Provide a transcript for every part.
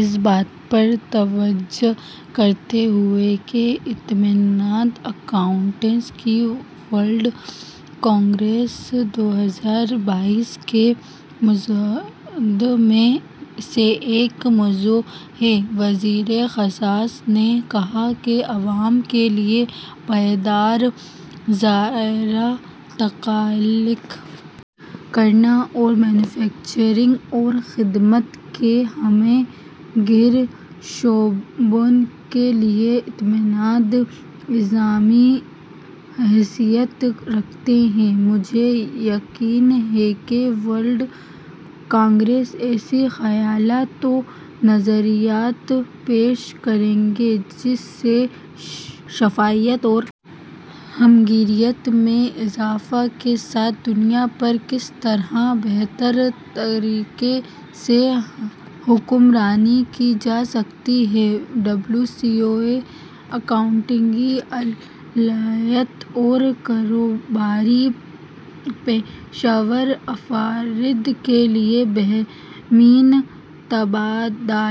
اس بات پر توجہ کرتے ہوئے کہ اعتماد اکاؤنٹس کی ورلڈ کانگریس دو ہزار بائیس کے موضوعات میں سے ایک موضوع ہے وزیر خزانہ نے کہا کہ عوام کے لیے پائیدار ذرائع تخلیق کرنے اور مینوفیکچرنگ اور خدمات کے ہمہ گیر شعبوں کے لیے اعتماد لازمی حیثیت رکھتا ہے مجھے یقین ہے کہ ورلڈ کانگریس ایسے خیالات و نظریات پیش کرے گی جس سے شفافیت اور ہمہ گیریت میں اضافہ کے ساتھ دنیا پر کس طرح بہتر طریقے سے حکمرانی کی جا سکتی ہے W C O A accounting مالیات اور کاروباری پیشہ ور افراد کے لیے باہمی تبادلہ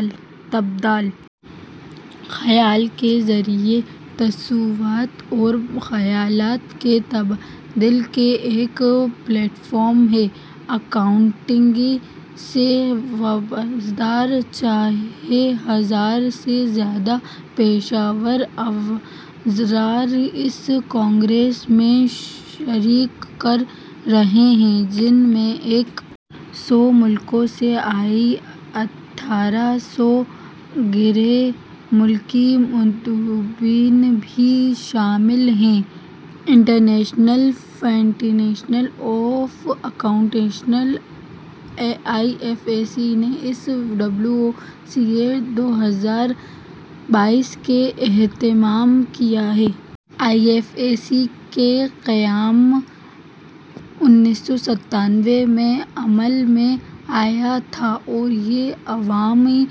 خیال کے ذریعہ تصورات اور خیالات کے تبادلوں کا ایک پلیٹ فارم ہے اکاؤنٹنگ سے وابستہ چھ ہزار سے زیادہ پیشہ ور افراد اس کانگریس میں شرکت کر رہے ہیں جن میں ایک سو ملکوں سے آئے اٹھارہ سو غیر ملکی مندوبین بھی شامل ہیں international federation of accountants I F A C نے اس ڈبلیو سی او اے دو ہزار بائیس کا اہتمام کیا ہے آئی ایف اے سی کا قیام انیس سو ستتر میں عمل میں آیا تھا اور یہ عوامی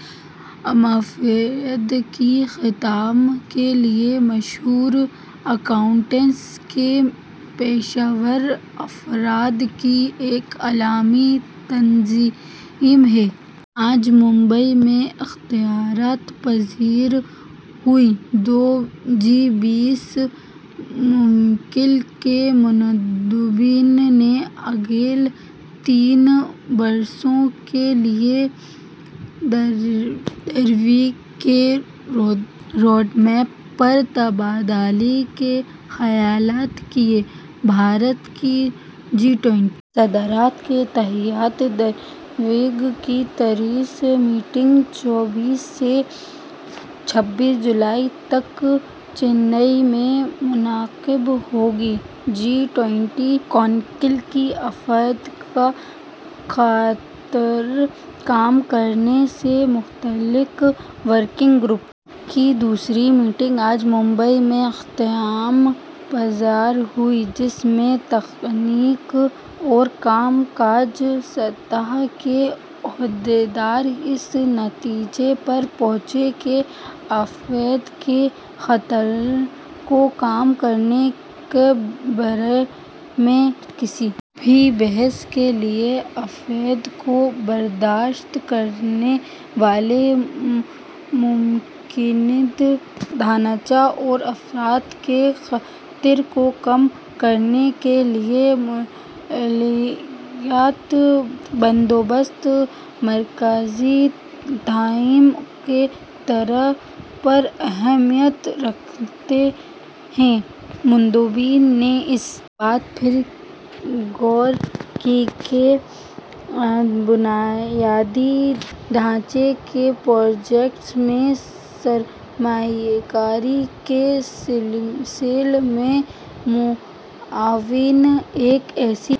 مفادات کی خدمت کے لیے مخصوص اکاؤنٹنسی کے پیشہ ور افراد کی ایک عالمی تنظیم ہے آج ممبئی میں اختتام پذیر ہوئی جی ٹوئنٹی ممالک کے مندوبین نے اگلے تین برسوں کے لیے D R R W G کے روڈ میپ پر تبادلہ خیال کیا بھارت کی جی ٹوئنٹی صدارت کے تحت D R R W G کی تیسری میٹنگ چوبیس سے چھبیس جولائی تک چنئی میں منعقد ہوگی جی ٹوئنٹی کونسل کی آفات کا خطرہ کم کرنے سے متعلق ورکنگ گروپ کی دوسری میٹنگ آج ممبئی میں اختتام پذیر ہوئی جس میں تکنیکی اور کام کاج سطح کے عہدیدار اس نتیجے پر پہنچے کہ آفات کے خطرے کو کم کرنے کے بارے میں کسی بھی بحث کے لیے آفات کو برداشت کرنے والا بنیادی ڈھانچے اور آفات کے خطرے کو کم کرنے کے لیے مالیاتی بندوبست مرکزی تھیم کے طور پر اہمیت رکھتے ہیں مندوبین نے اس بات پر غور کیا کہ بنیادی ڈھانچے کے پروجیکٹوں میں سرمایہ کاری کے سلسلے میں معاون ایک ایسا